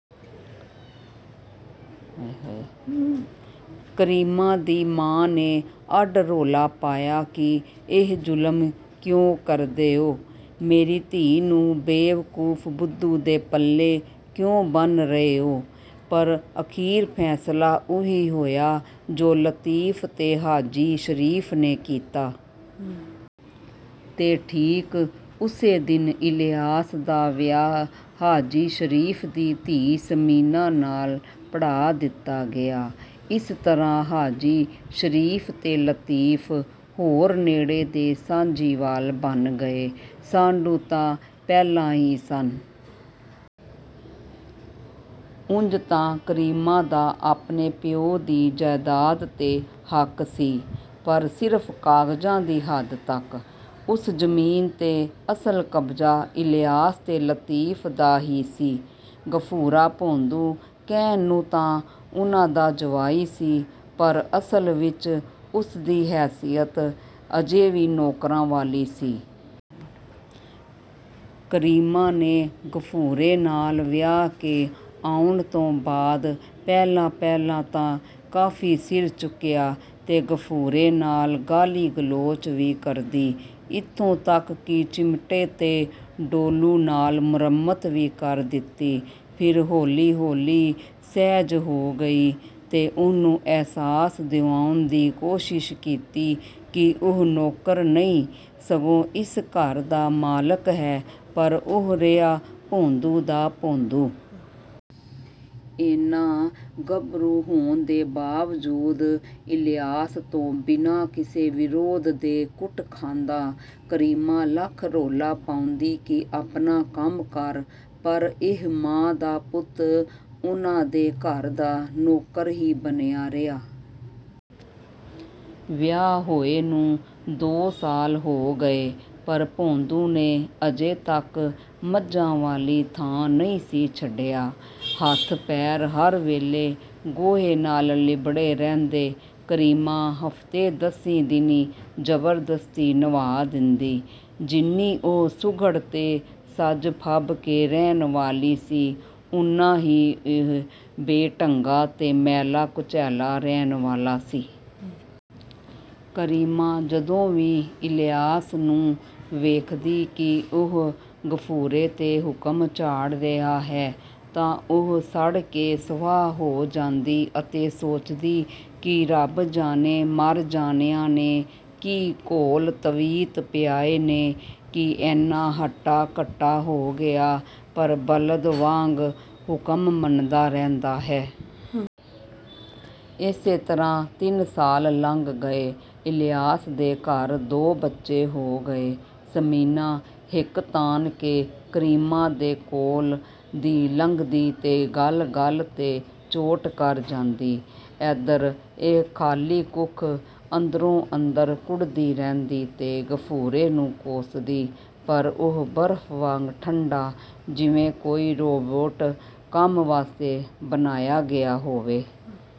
ਕਰੀਮਾਂ ਦੀ ਮਾਂ ਨੇ ਅੱਡ ਰੌਲਾ ਪਾਇਆ ਕਿ ਇਹ ਜ਼ੁਲਮ ਕਿਉਂ ਕਰਦੇ ਓਂ? ਮੇਰੀ ਧੀ ਨੂੰ ਬੇਵਕੂਫ਼, ਬੁੱਧੂ ਦੇ ਪੱਲੇ ਕਿਉਂ ਬੰਨ੍ਹ ਰਹੇ ਓਂ? ਪਰ ਅਖ਼ੀਰ ਫ਼ੈਸਲਾ ਉਹੀ ਹੋਇਆ ਜੋ ਲਤੀਫ਼ ਤੇ ਹਾਜੀ ਸ਼ਰੀਫ਼ ਨੇ ਕੀਤਾ। ਤੇ ਠੀਕ ਓਸੇ ਦਿਨ ਇਲਿਆਸ ਦਾ ਵਿਆਹ ਹਾਜੀ ਸ਼ਰੀਫ਼ ਦੀ ਧੀ ਸਮੀਨਾ ਨਾਲ ਪੜ੍ਹਾ ਦਿੱਤਾ ਗਿਆ। ਇਸ ਤਰ੍ਹਾਂ ਹਾਜੀ ਸ਼ਰੀਫ਼ ਤੇ ਲਤੀਫ਼ ਹੋਰ ਨੇੜੇ ਦੇ ਸਾਂਝੀਵਾਲ ਬਣ ਗਏ। ਸਾਢੂ ਤਾਂ ਪਹਿਲਾਂ ਹੀ ਸਨ। ਉਂਜ ਤਾਂ ਕਰੀਮਾਂ ਦਾ ਆਪਣੇ ਪਿਓ ਦੀ ਜਾਇਦਾਦ 'ਤੇ ਹੱਕ ਸੀ, ਪਰ ਸਿਰਫ਼ ਕਾਗਜ਼ਾਂ ਦੀ ਹੱਦ ਤੱਕ। ਉਸ ਜ਼ਮੀਨ 'ਤੇ ਅਸਲ ਕਬਜ਼ਾ ਇਲਿਆਸ ਤੇ ਲਤੀਫ਼ ਦਾ ਹੀ ਸੀ। ਗਫੂਰਾ ਭੌਂਦੂ ਕਹਿਣ ਨੂੰ ਤਾਂ ਉਨ੍ਹਾਂ ਦਾ ਜਵਾਈ ਸੀ, ਪਰ ਅਸਲ ਵਿੱਚ ਉਸ ਦੀ ਹੈਸੀਅਤ ਅਜੇ ਵੀ ਨੌਕਰਾਂ ਵਾਲੀ ਸੀ। ਕਰੀਮਾਂ ਨੇ ਗਫੂਰੇ ਨਾਲ ਵਿਆਹ ਕੇ ਆਉਣ ਤੋਂ ਬਾਅਦ ਪਹਿਲਾਂ-ਪਹਿਲਾਂ ਤਾਂ ਕਾਫ਼ੀ ਸਿਰ ਚੁੱਕਿਆ ਤੇ ਗਫੂਰੇ ਨਾਲ ਗਾਲੀ-ਗਲੋਚ ਵੀ ਕਰਦੀ। ਇੱਥੋਂ ਤੱਕ ਕਿ ਚਿਮਟੇ ਤੇ ਡੋਲੂ ਨਾਲ ਮੁਰੰਮਤ ਵੀ ਕਰ ਦਿੰਦੀ। ਫਿਰ ਹੌਲੀ-ਹੌਲੀ ਸਹਿਜ ਹੋ ਗਈ ਤੇ ਉਹਨੂੰ ਅਹਿਸਾਸ ਦਿਵਾਉਣ ਦੀ ਕੋਸ਼ਿਸ਼ ਕੀਤੀ ਕਿ ਉਹ ਨੌਕਰ ਨਹੀਂ, ਸਗੋਂ ਇਸ ਘਰ ਦਾ ਮਾਲਕ ਹੈ, ਪਰ ਉਹ ਰਿਹਾ ਭੌਂਦੂ ਦਾ ਭੌਂਦੂ। ਐਨਾ ਗੱਭਰੂ ਹੋਣ ਦੇ ਬਾਵਜੂਦ ਇਲਿਆਸ ਤੋਂ ਬਿਨਾ ਕਿਸੇ ਵਿਰੋਧ ਦੇ ਕੁੱਟ ਖਾਂਦਾ। ਕਰੀਮਾਂ ਲੱਖ ਰੌਲਾ ਪਾਉਂਦੀ ਕਿ ਆਪਣਾ ਕੰਮ ਕਰ, ਪਰ ਇਹ ਮਾਂ ਦਾ ਪੁੱਤ ਉਨ੍ਹਾਂ ਦੇ ਘਰ ਦਾ ਨੌਕਰ ਹੀ ਬਣਿਆ ਰਿਹਾ। ਵਿਆਹ ਹੋਏ ਨੂੰ ਦੋ ਸਾਲ ਹੋ ਗਏ, ਪਰ ਭੌਂਦੂ ਨੇ ਅਜੇ ਤੱਕ ਮੱਝਾਂ ਵਾਲੀ ਥਾਂ ਨਹੀਂ ਸੀ ਛੱਡਿਆ। ਹੱਥ-ਪੈਰ ਹਰ ਵੇਲੇ ਗੋਹੇ ਨਾਲ ਲਿੱਬੜੇ ਰਹਿੰਦੇ। ਕਰੀਮਾਂ ਹਫ਼ਤੇ-ਦਸੀਂ ਦਿਨੀਂ ਜ਼ਬਰਦਸਤੀ ਨਵ੍ਹਾ ਦਿੰਦੀ। ਜਿੰਨੀ ਉਹ ਸੁਘੜ ਤੇ ਸਜ-ਫਬ ਕੇ ਰਹਿਣ ਵਾਲੀ ਸੀ, ਓਨਾ ਹੀ ਇਹ ਬੇਢੰਗਾ ਤੇ ਮੈਲਾ-ਕੁਚੈਲਾ ਰਹਿਣ ਵਾਲਾ ਸੀ। ਕਰੀਮਾਂ ਜਦੋਂ ਵੀ ਇਲਿਆਸ ਨੂੰ ਵੇਖਦੀ ਕਿ ਉਹ ਗਫੂਰੇ 'ਤੇ ਹੁਕਮ ਝਾੜ ਰਿਹਾ ਹੈ, ਤਾਂ ਉਹ ਸੜ ਕੇ ਸਵਾਹ ਹੋ ਜਾਂਦੀ ਅਤੇ ਸੋਚਦੀ ਕਿ ਰੱਬ ਜਾਣੇ ਮਰ ਜਾਣਿਆਂ ਨੇ ਕੀ ਘੋਲ-ਤਵੀਤ ਪਿਆਏ ਨੇ ਕਿ ਐਨਾ ਹੱਟਾ-ਕੱਟਾ ਹੋ ਗਿਆ, ਪਰ ਬਲਦ ਵਾਂਗ ਹੁਕਮ ਮੰਨਦਾ ਰਹਿੰਦਾ ਹੈ। ਏਸੇ ਤਰ੍ਹਾਂ ਤਿੰਨ ਸਾਲ ਲੰਘ ਗਏ। ਇਲਿਆਸ ਦੇ ਘਰ ਦੋ ਬੱਚੇ ਹੋ ਗਏ। ਸਮੀਨਾ ਹਿੱਕ ਤਾਣ ਕੇ ਕਰੀਮਾਂ ਦੇ ਕੋਲ ਦੀ ਲੰਘਦੀ ਤੇ ਗੱਲ-ਗੱਲ 'ਤੇ ਚੋਟ ਕਰ ਜਾਂਦੀ। ਐਧਰ ਇਹ ਖਾਲੀ ਕੁੱਖ, ਅੰਦਰੋ-ਅੰਦਰ ਕੁੜ੍ਹਦੀ ਰਹਿੰਦੀ ਤੇ ਗਫੂਰੇ ਨੂੰ ਕੋਸਦੀ, ਪਰ ਉਹ ਬਰਫ਼ ਵਾਂਗ ਠੰਢਾ, ਜਿਵੇਂ ਕੋਈ ਰੋਬੋਟ ਕੰਮ ਵਾਸਤੇ ਬਣਾਇਆ ਗਿਆ ਹੋਵੇ।